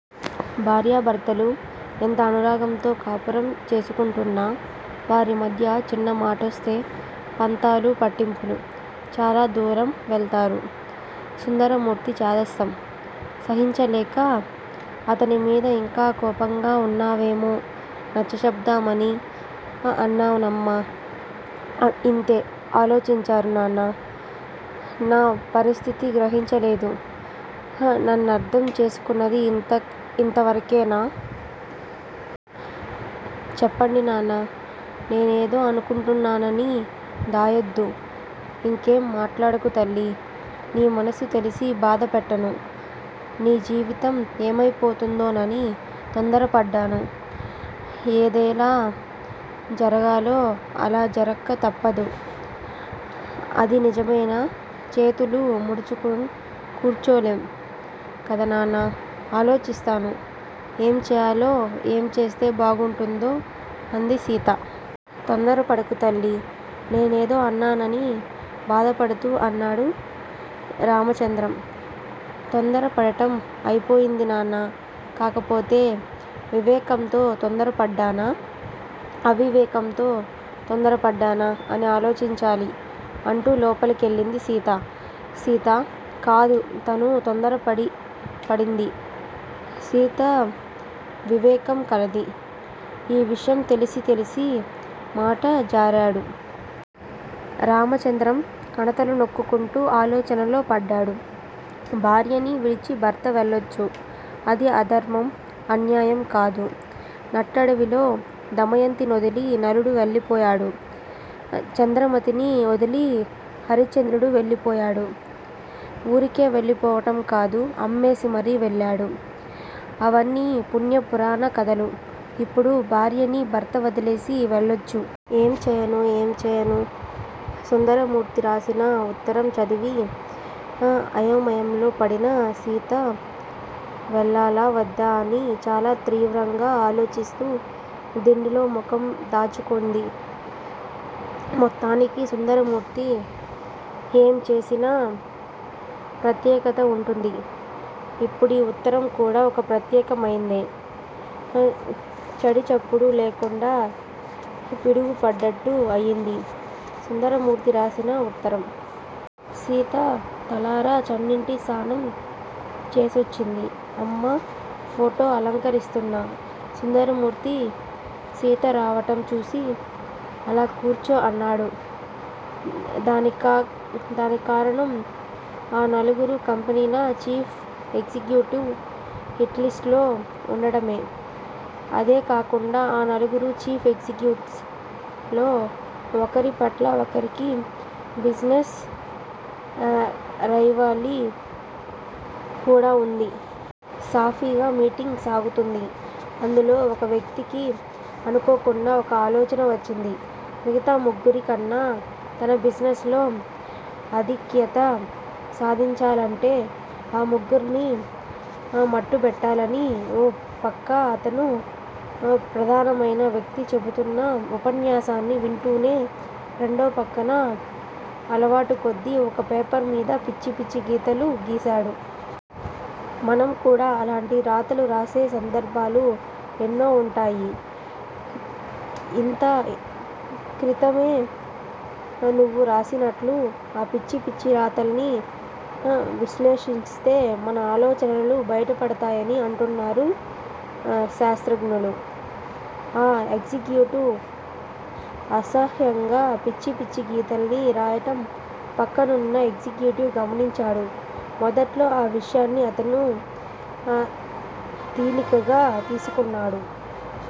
భార్య భర్తలు ఎంత అనురాగంతో కాపురం చేసుకుంటున్నా వారి మధ్య చిన్న మాటొస్తే పంతాలు పట్టింపులు, చాలా దూరం వెళ్తారు. సుందరమూర్తి చాదస్తం సహించలేక అతని మీద ఇంకా కోపంగా వున్నావేమో నచ్చచెబుదామని అన్నానమ్మా ఇంతే ఆలోచించారు నాన్నా! నా పరిస్థితి గ్రహించ లేదు, నన్నర్ధం చేసుకున్నది ఇంతవరకేనా? చెప్పండి నాన్నా! నేనేదో అనుకుంటానని దాయోద్దు. ఇంకేం మాట్లాడకు తల్లి! నీ మనసు తెలిసి బాధపెట్టను. నీ జీవితం ఏమయిపోతుందోనని తొందర పడ్డాను. ఏదెలా జరగాలో అలా జరక్క తప్పదు. అది నిజమైనా చేతులు ముడుచుకు కూర్చోలేం కదా నాన్నా? ఆలోచిస్తాను ఏం చేయాలో ఏం చేస్తే బాగుంటుందో అంది సీత. తొందరపడకు తల్లి! నేనేదో అన్నానని బాధపడుతూ అన్నాడు రామచంద్రం. తొందర పడటం అయిపోయింది నాన్నా! కాకపోతే వివేకంతో తొందరపడ్డానా! అవివేకంతో తొందర పడ్డానా? అని ఆలోచించాలి అంటూ లోపలికెళ్ళింది సీత. సీత కాదు తనూ తొందర పడింది. సీత వివేకం కలది. ఈ విషయం తెలిసి తెలిసి మాట జారాడు. రామచంద్రం కణతలు నొక్కుకుంటూ ఆలోచనలో పడ్డాడు. భార్యని విడిచి భర్త వెళ్ళొచ్చు. అది అధర్మం, అన్యాయం కాదు. నట్టడివిలో దమయంతినొదిలి నలుడు వెళ్ళిపోయాడు. చంద్రమతిని నొదిలి హరిశ్చంద్రుడు వెళ్ళిపోయాడు. ఊరికే వెళ్ళిపోవటం కాదు, అమ్మేసి మరీ వెళ్ళాడు. అవన్నీ పుణ్య పురాణ కధలు. ఇప్పుడు భార్యని భర్త వదిలేసి వెళ్ళొచ్చు. ఏం చేయను? ఏం చేయను? సుందరమూర్తి రాశిన ఉత్తరం చదివి అయోమయంలో పడిన సీత వెళ్ళాలా! వద్దా అని చాలా త్రీవ్రంగా ఆలోచిస్తూ దిండులో ముఖం దాచుకుంది. మొత్తానికి సుందరమూర్తి ఏం చేసినా ప్రత్యేకత వుంటుంది. ఇప్పుడి ఉత్తరం కూడా ఓ ప్రత్యేకమైందే. చడిచప్పుడు లేకుండా పిడుగు పడ్డట్టు అయింది సుందరమూర్తి రాసిన ఉత్తరం. సీత తలరా చన్నీటి స్నానం చేసోచ్చింది. అమ్మ ఫోటో అలంకరిస్తున్న సుందరమూర్తి సీత రావటం చూసి అలా కూర్చో అన్నాడు. దానిక్కారణం ఆ నలుగురు కంపెనీల చీఫ్ ఎగ్జిక్యూటివ్ హిట్ లిస్టు లో వుండడమే. అదే కాకుండా ఆ నలుగురు చీఫ్ ఎగ్జిక్యూటివ్స్ లో ఒకరిపట్ల ఒకరికి బీజినెస్ రైవలీ కూడా వుంది. సాఫీగా మీటింగ్ సాగుతుంది. అందులో ఒక వ్యక్తికీ అనుకోకుండా ఒక ఆలోచన వచ్చింది. మిగతా ముగ్గురి కన్నా తన బిజినెస్ లో ఆధిక్యత సాదించాలంటే ఆ ముగ్గుర్నీ మట్టుబెట్టాలని.ఓ పక్క అతను ప్రధానమైన వ్యక్తి చెపుతున్న ఉపన్యాసాన్ని వింటూనే, రేండో పక్కన అలవాటుకొద్దీ ఒక పేపర్ మీద పిచ్చి పిచ్చి గీతాలు గీసాడు. మనం కూడా అలాంటి రాతలు రాసే సందర్భాలు ఎన్నో వుంటాయి. ఇంత క్రితమే నువ్వు రాసినట్లు. ఆ పిచ్చి పిచ్చి రాతల్ని విశ్లేషిస్తే మన ఆలోచనలు బయటపడతాయని అంటున్నారు శాస్త్రజ్ఞులు. ఆ ఎగ్జిక్యూటివ్ అసహ్యంగా పిచ్చి పిచ్చి గీతల్ని రాయడం పక్కనున్న ఎగ్జిక్యూటివ్ గమనించాడు. మొదట్లో ఆ విషయాన్ని అతను తీలికగా తీసుకున్నాడు